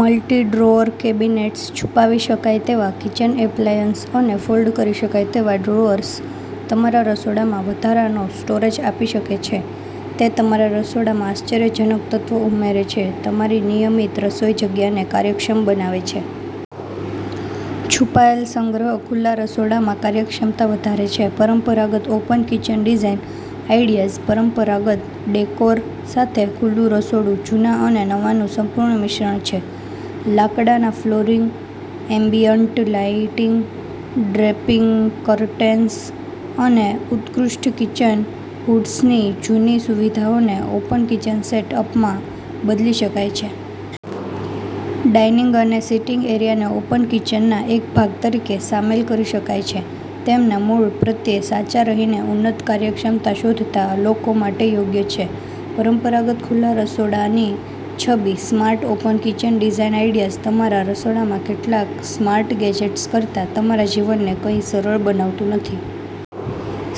Multi-drawer cabinets, છુપાવી શકાય તેવા કિચન એપ્લાયન્સ અને ફોલ્ડ કરી શકાય તેવા ડ્રોઅર્સ તમારા રસોડામાં વધારાનો સ્ટોરેજ આપી શકે છે. તે તમારા રસોડામાં આશ્ચર્યજનક તત્વ ઉમેરે છે. તમારી નિયમિત રસોઈ જગ્યાને કાર્યક્ષમ બનાવે છે. છુપાયેલ સંગ્રહ ખુલ્લા રસોડામાં કાર્યક્ષમતા વધારે છે. પરંપરાગત ઓપન કિચન ડિઝાઇન આઇડિયાઝ પરંપરાગત ડેકોર સાથે ખુલ્લું રસોડું જૂના અને નવાનું સંપૂર્ણ મિશ્રણ છે. લાકડાના flooring, ambient lighting, draping curtains અને ઉત્કૃષ્ટ કિચન હૂડ્સની જૂની સુવિધાઓને ઓપન કિચન સેટ-અપમાં બદલી શકાય છે. ડાઇનિંગ અને સીટિંગ એરિયાને ઓપન કિચનના એક ભાગ તરીકે સામેલ કરી શકાય છે. તેમના મૂળ પ્રત્યે સાચા રહીને ઉન્નત કાર્યક્ષમતા શોધતા લોકો માટે યોગ્ય છે. પરંપરાગત ખુલ્લા રસોડાની છબી smart open kitchen design ideas તમારા રસોડામાં કેટલાક સ્માર્ટ ગેજેટ્સ કરતાં તમારા જીવનને કંઈ સરળ બનાવતું નથી.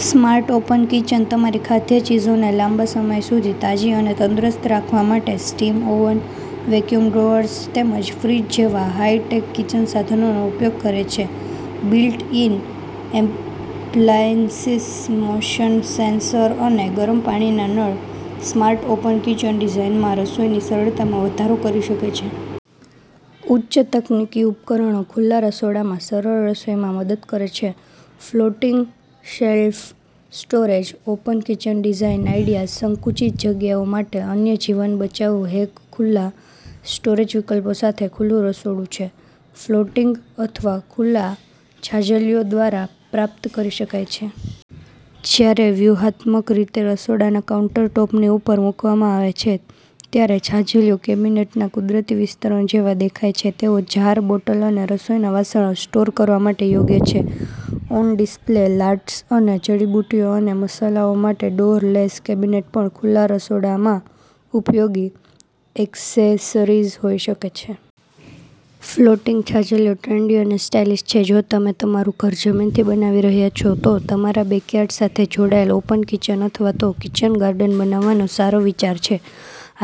સ્માર્ટ ઓપન કિચન તમારી ખાદ્ય ચીજોને લાંબા સમય સુધી તાજી અને તંદુરસ્ત રાખવા માટે સ્ટીમ ઓવન, વેક્યુમ ડ્રોઅર્સ તેમજ ફ્રીજ જેવા હાઇ-ટેક કિચન સાધનોનો ઉપયોગ કરે છે. બિલ્ટ-ઇન એપ્લાયન્સિસ, મોશન-સેન્સર અને ગરમ પાણીના નળ સ્માર્ટ ઓપન કિચન ડિઝાઇનમાં રસોઈની સરળતામાં વધારો કરી શકે છે. ઉચ્ચ તકનીકી ઉપકરણો ખુલ્લા રસોડામાં સરળ રસોઈમાં મદદ કરે છે. Floating shelf storage open kitchen design idea સંકુચિત જગ્યાઓ માટે અન્ય જીવન-બચાવ હેક ખુલ્લા સ્ટોરેજ વિકલ્પો સાથે ખુલ્લું રસોડું છે. ફ્લોટિંગ અથવા ખુલ્લા છાજલીઓ દ્વારા પ્રાપ્ત કરી શકાય છે. જ્યારે વ્યૂહાત્મક રીતે રસોડાના કાઉંટરટૉપની ઉપર મૂકવામાં આવે છે, ત્યારે છાજલીઓ કેબિનેટના કુદરતી વિસ્તરણ જેવા દેખાય છે. તેઓ જાર, બોટલ અને રસોઈના વાસણો સ્ટોર કરવા માટે યોગ્ય છે. ઓન-ડિસ્પ્લે લાર્ડર્સ અને જડીબુટ્ટીઓ અને મસાલાઓ માટે ડોર-લેસ કેબિનેટ પણ ખુલ્લા રસોડામાં ઉપયોગી એક્સેસરીઝ હોઈ શકે છે. ફ્લોટિંગ છાજલીઓ ટ્રેન્ડી અને સ્ટાઇલિશ છે. જો તમે તમારું ઘર જમીનથી બનાવી રહ્યા છો, તો તમારા બેકયાર્ડ સાથે જોડાયેલ ઓપન કિચન અથવા તો કિચન ગાર્ડન બનાવવાનો સારો વિચાર છે.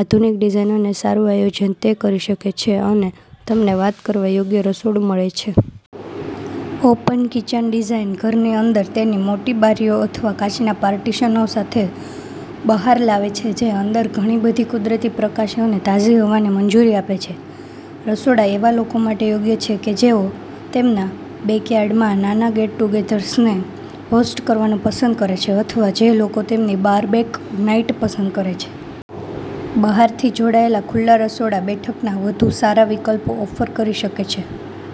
આધુનિક ડિઝાઇન અને સારું આયોજન તે કરી શકે છે, અને તમને વાત કરવા યોગ્ય રસોડું મળે છે. ઓપન કિચન ડિઝાઈન ઘરની અંદર તેની મોટી બારીઓ અથવા કાચના પાર્ટીશનો સાથે બહાર લાવે છે જે અંદર ઘણી બધી કુદરતી પ્રકાશ અને તાજી હવાને મંજૂરી આપે છે. રસોડા એવા લોકો માટે યોગ્ય છે કે જેઓ તેમના બેકયાર્ડમાં નાના ગેટ-ટુગેધર્સને હોસ્ટ કરવાનું પસંદ કરે છે અથવા જે લોકો તેમની બાર્બેક નાઇટ પસંદ કરે છે. બહારથી જોડાયેલા ખુલ્લા રસોડા બેઠકના વધુ સારા વિકલ્પો ઓફર કરી શકે છે.